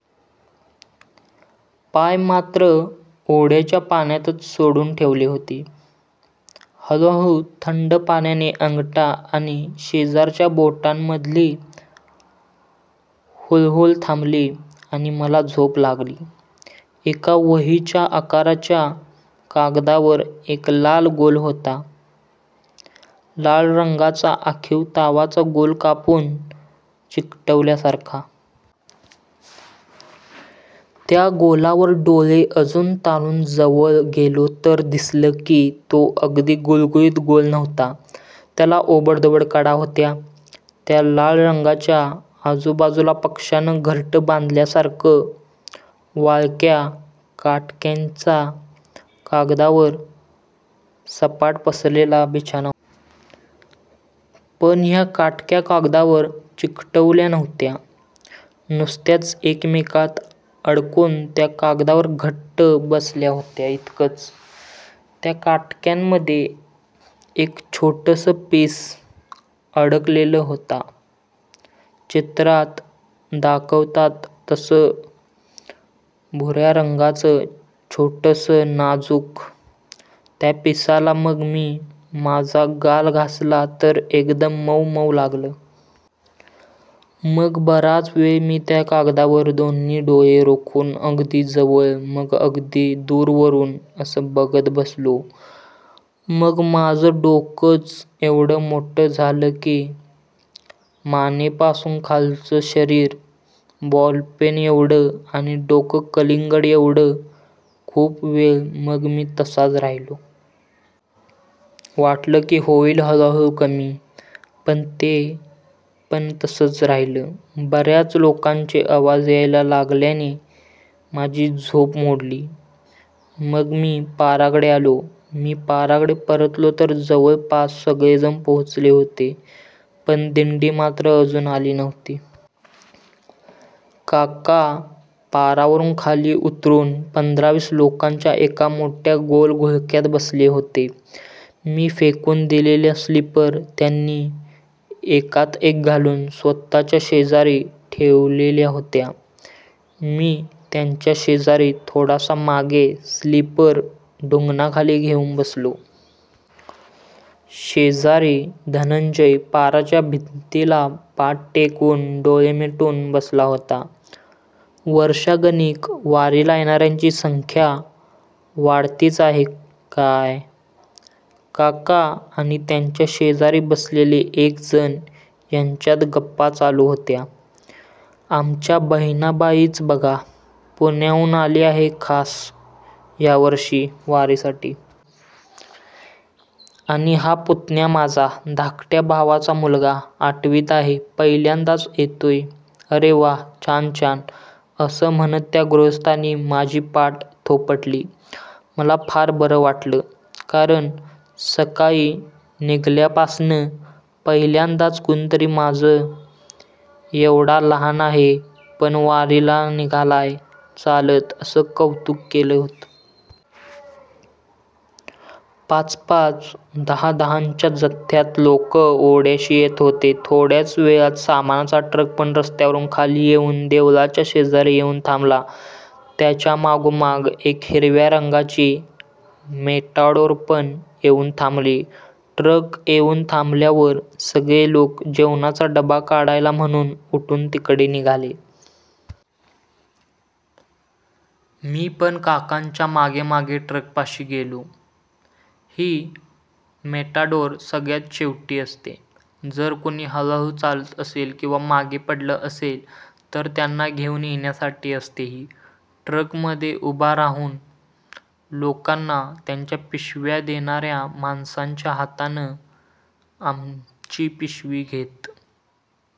पाय मात्र ओढ्याच्या पाण्यातच सोडून ठेवले होते. हळुहळु थंड पाण्याने अंगठा आणि शेजारच्या बोटाच्यामधली हुळहुळ थांबली आणि मला झोप लागली. एका वहीच्या आकाराच्या कागदावर एक लाल गोल होता. लाल रंगाचा आखीव तावाचा गोल कापून चिकटवल्यासारखा. त्या गोलावर डोळे अजून ताणून जवळ गेलो तर दिसलं की तो अगदी गुळगुळीत गोल नव्हता. त्याला ओबडधोबड कडा होत्या. त्या लाल रंगाच्या आजूबाजूला पक्ष्यानं घरटं बांधल्यासारखं वाळक्या काटक्यांचा कागदावर सपाट पसरलेला बिछाना होता. पण ह्या काटक्या कागदावर चिकटवल्या नव्हत्या. नुसत्याच एकमेकात अडकून त्या कागदावर घट्ट बसल्या होत्या इतकंच. त्या काटक्यांमध्ये एक छोटसं पीस अडकलेलं होता. चित्रात दाखवतात तसं भुर्या रंगाचं, छोटूसं, नाजूक. त्या पिसाला मग मी माझा गाल घासला तर एकदम मउ मउ लागलं. मग बराच वेळ मी त्या कागदावर दोन्ही डोळे रोखून अगदी जवळ, मग अगदी दूरवरुन असं बघत बसलो. मग माझं डोकंच एव्हडं मोठं झालं की मानेपासून खालचं शरीर बॉलपेनाएव्हडं आणि डोकं कलिंगडाएव्हडं. खूप वेळ मग मी तसाच राहिलो. वाटलं की होइल हळुहळु कमी. पण ते पण तसच राहिलं. बर्याच लोकांचे आवाज यायला लागल्याने माझी झोप मोडली. मग मी पाराकडे आलो. मी पाराकडे परतलो तर जवळपास सगळेजण पोचले होते. पण दिंडी मात्र अजून आली नव्हती. काका पारावरुन खाली उतरुन पंधरा-वीस लोकांच्या एका मोठ्या गोल घोळक्यात बसले होते. मी फेकून दिलेल्या स्लीपर त्यांनी एकात एक घालून स्वतःच्या शेजारी ठेवलेल्या होत्या. मी त्यांच्या शेजारी, थोडासा मागे, स्लीपर ढुंगणाखाली घेउन बसलो. शेजारी धनंजय पाराच्या भिंतीला पाठ टेकवून, डोळे मिटून बसला होता. वर्षागणिक वारीला येणार्यांची संख्या वाढतीच आहे, काय! काका आणि त्यांच्या शेजारी बसलेले एक जण ह्यांच्यात गप्पा चालू होत्या. आमच्या बहिणाबाईच बघा. पुण्याहून आली आहे खास ह्यावर्षी वारीसाठी. आणि हा पुतण्या माझा, धाकट्या भावाचा मुलगा. आठवीत आहे. पहिल्यांदाच येतोय. अरे वा. छान छान. असं म्हणत त्यां गृहस्थांनी माझी पाठ थोपटली. मला फार बरं वाटलं. कारण सकाळी निघाल्यापासनं पहिल्यांदाच कुणीतरी माझं एव्हडा लहान आहे, पण वारीला निघालाय चालत असं कौतुक केलं होतं. पाच-पाच, दहा-दहाच्या जथ्थ्यात लोकं ओढ्याशी येत होते. थोड्याच वेळात सामानाचा ट्रक पण रस्त्यावरुन खाली येउन देवळाच्या शेजारी येउन थांबला. त्याच्यामागोमाग एक हिरव्या रंगाची मेटॅडोरपण येउन थांबली. ट्रक येउन थांबल्यावर सगळे लोक जेवणाचा डबा काढायला म्हणुन उठुन तिकडे निघाले. मी पण काकांच्या मागेमागे ट्रकपाशी गेलो. ही मेटॅडोर सगळ्यात शेवटी असते. जर कुणी हळुहळु चालत असेल किंवा मागे पडलं असेल, तर त्यांना घेउन येण्यासाठी असते ही, ट्रकमध्ये आत उभा राहून लोकांना त्यांच्या पिशव्या देणार्या माणसाच्या हातनं आमची पिशवी घेत